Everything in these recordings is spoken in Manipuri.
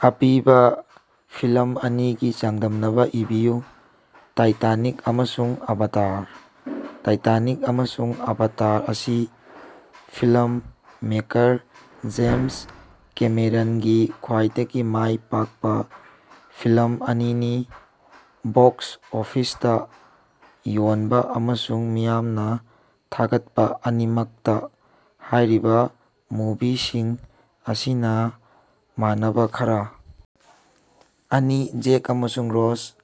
ꯑꯄꯤꯕ ꯐꯤꯂꯝ ꯑꯅꯤꯒꯤ ꯆꯥꯡꯗꯝꯅꯕ ꯏꯕꯤꯌꯨ꯫ ꯇꯥꯏꯇꯥꯅꯤꯛ ꯑꯃꯁꯨꯡ ꯑꯚꯥꯇꯔ꯫ ꯇꯥꯏꯇꯥꯅꯤꯛ ꯑꯃꯁꯨꯡ ꯑꯚꯥꯇꯔ ꯑꯁꯤ ꯐꯤꯜꯝ ꯃꯦꯀꯔ ꯖꯦꯝꯁ ꯀꯦꯃꯦꯔꯟꯒꯤ ꯈ꯭ꯕꯥꯏꯗꯒꯤ ꯃꯥꯏ ꯄꯥꯛꯄ ꯐꯤꯜꯝ ꯑꯅꯤꯅꯤ, ꯕꯣꯛꯁ ꯑꯣꯐꯤꯁꯇ ꯌꯣꯟꯕ ꯑꯃꯁꯨꯡ ꯃꯤꯌꯥꯝꯅ ꯊꯥꯒꯠꯄ ꯑꯅꯤꯃꯛꯇ꯫ ꯍꯥꯏꯔꯤꯕ ꯃꯨꯚꯤꯁꯤꯡ ꯑꯁꯤꯅ ꯃꯥꯟꯅꯕ ꯈꯔ ꯑꯅꯤ ꯖꯦꯛ ꯑꯃꯁꯨꯡ ꯔꯣꯖꯅ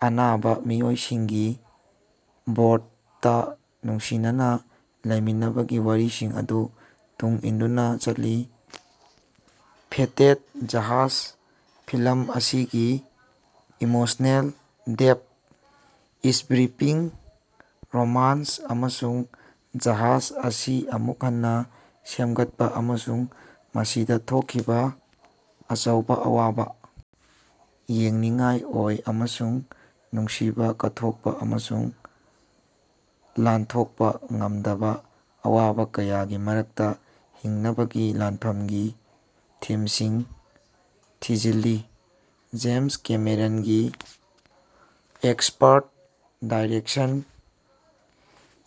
ꯑꯅꯥꯕ ꯃꯤꯑꯣꯏꯁꯤꯡꯒꯤ ꯕꯣꯔꯗꯇ ꯅꯨꯡꯁꯤꯅꯅ ꯂꯩꯃꯤꯟꯅꯕꯒꯤ ꯋꯥꯔꯤꯁꯤꯡ ꯑꯗꯨ ꯇꯨꯡ ꯏꯟꯗꯨꯅ ꯆꯠꯂꯤ꯫ ꯐꯦꯇꯦꯗ ꯖꯍꯥꯖ ꯐꯤꯂꯝ ꯑꯁꯤꯒꯤ ꯏꯃꯣꯁꯅꯦꯜ ꯗꯦꯞ, ꯁ꯭ꯕꯤꯄꯤꯡ ꯔꯣꯃꯥꯅꯟꯁ, ꯑꯃꯁꯨꯡ ꯖꯍꯥꯖ ꯑꯁꯤ ꯑꯃꯨꯛ ꯍꯟꯅ ꯁꯦꯃꯒꯠꯄ ꯑꯃꯁꯨꯡ ꯃꯁꯤꯗ ꯊꯣꯛꯈꯤꯕ ꯑꯆꯧꯕ ꯑꯋꯥꯕ ꯌꯦꯡꯅꯤꯡꯉꯥꯏ ꯑꯣꯏ ꯑꯃꯁꯨꯡ ꯅꯨꯡꯁꯤꯕ, ꯀꯠꯊꯣꯛꯄ ꯑꯃꯁꯨꯡ ꯂꯥꯟꯊꯣꯛꯄ ꯉꯝꯗꯕ ꯑꯋꯥꯕ ꯀꯌꯥꯒꯤ ꯃꯔꯛꯇ ꯍꯤꯡꯅꯕꯒꯤ ꯂꯥꯟꯐꯝꯒꯤ ꯊꯤꯝꯁꯤꯡ ꯊꯤꯖꯤꯜꯂꯤ꯫ ꯖꯦꯝꯁ ꯀꯦꯃꯦꯔꯟꯒꯤ ꯑꯦꯛꯁꯄꯔꯠ ꯗꯥꯏꯔꯦꯛꯁꯟ,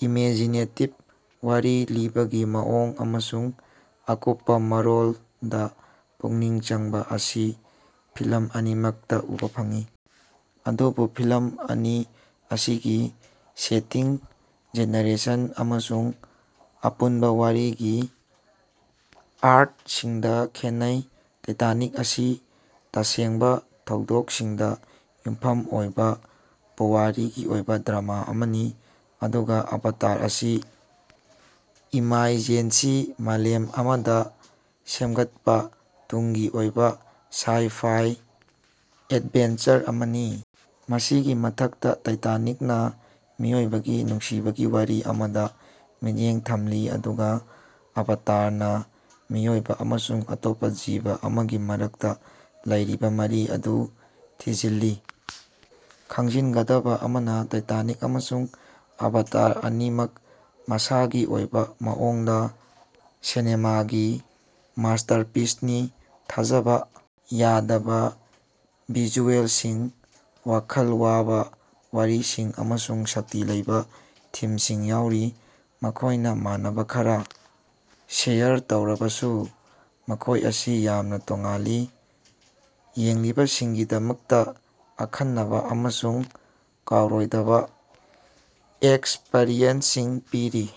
ꯏꯃꯦꯖꯤꯅꯦꯇꯤꯚ ꯋꯥꯔꯤ ꯂꯤꯕꯒꯤ ꯃꯑꯣꯡ ꯑꯃꯁꯨꯡ ꯑꯀꯨꯞꯄ ꯃꯔꯣꯜꯗ ꯄꯨꯛꯅꯤꯡ ꯆꯪꯕ ꯑꯁꯤ ꯐꯤꯜꯝ ꯑꯅꯤꯃꯛꯇ ꯎꯕ ꯐꯪꯏ꯫ ꯑꯗꯨꯕꯨ ꯐꯤꯂꯝ ꯑꯅꯤ ꯑꯁꯤꯒꯤ ꯁꯦꯇꯤꯡ, ꯖꯦꯅꯔꯦꯁꯟ ꯑꯃꯁꯨꯡ ꯑꯄꯨꯟꯕ ꯋꯥꯔꯤꯒꯤ ꯑꯥꯔꯛꯁꯤꯡꯗ ꯈꯦꯠꯅꯩ꯫ ꯇꯥꯏꯇꯥꯅꯤꯛ ꯑꯁꯤ ꯇꯁꯦꯡꯕ ꯊꯧꯗꯣꯛꯁꯤꯡꯗ ꯌꯨꯝꯐꯝ ꯑꯣꯏꯕ ꯄꯨꯋꯥꯔꯤꯒꯤ ꯑꯣꯏꯕ ꯗ꯭ꯔꯃꯥ ꯑꯃꯅꯤ, ꯑꯗꯨꯒ ꯑꯚꯥꯇꯥꯔ ꯑꯁꯤ ꯏꯃꯥꯏꯖꯦꯟꯁꯤ ꯃꯥꯂꯦꯝ ꯑꯃꯗ ꯁꯦꯝꯒꯠꯄ ꯇꯨꯡꯒꯤ ꯑꯣꯏꯕ ꯁꯥꯏ-ꯐꯥꯏ ꯑꯦꯗꯚꯦꯟꯆꯔ ꯑꯃꯅꯤ꯫ ꯃꯁꯤꯒꯤ ꯃꯊꯛꯇ ꯇꯥꯏꯇꯅꯤꯛꯅ ꯃꯤꯑꯣꯏꯕꯒꯤ ꯅꯨꯡꯁꯤꯕꯒꯤ ꯋꯥꯔꯤ ꯑꯃꯗ ꯃꯤꯠꯌꯦꯡ ꯊꯝꯂꯤ, ꯑꯗꯨꯒ ꯑꯚꯥꯇꯥꯔꯅ ꯃꯤꯑꯣꯏꯕ ꯑꯃꯁꯨꯡ ꯑꯇꯣꯞꯄ ꯖꯤꯕ ꯑꯃꯒꯤ ꯃꯔꯛꯇ ꯂꯩꯔꯤꯕ ꯃꯔꯤ ꯑꯗꯨ ꯊꯤꯖꯤꯜꯂꯤ꯫ ꯈꯪꯖꯤꯟꯒꯗꯕ ꯑꯃꯅ, ꯇꯥꯏꯇꯥꯅꯤꯛ ꯑꯃꯁꯨꯡ ꯑꯚꯥꯇꯥꯔ ꯑꯅꯤꯃꯛ ꯃꯁꯥꯒꯤ ꯑꯣꯏꯕ ꯃꯑꯣꯡꯗ ꯁꯤꯅꯦꯃꯥꯒꯤ ꯃꯁꯇꯔꯄꯤꯁꯅꯤ, ꯊꯥꯖꯕ ꯌꯥꯗꯕ ꯚꯤꯖꯨꯑꯦꯜꯁꯤꯡ, ꯋꯥꯈꯜ ꯋꯥꯕ ꯋꯥꯔꯤꯁꯤꯡ, ꯑꯃꯁꯨꯡ ꯁꯛꯇꯤ ꯂꯩꯕ ꯊꯤꯝꯁꯤꯡ ꯌꯥꯎꯔꯤ꯫ ꯃꯈꯣꯏꯅ ꯃꯥꯟꯅꯕ ꯈꯔ ꯁꯦꯌꯔ ꯇꯧꯔꯕꯁꯨ, ꯃꯈꯣꯏ ꯑꯁꯤ ꯌꯥꯝꯅ ꯇꯣꯉꯥꯜꯂꯤ, ꯌꯦꯡꯂꯤꯕꯁꯤꯡꯒꯤꯗꯃꯛꯇ ꯑꯈꯟꯅꯕ ꯑꯃꯁꯨꯡ ꯀꯥꯎꯔꯣꯏꯗꯕ ꯑꯦꯛꯁꯄꯔꯤꯌꯦꯟꯁꯁꯤꯡ ꯄꯤꯔꯤ꯫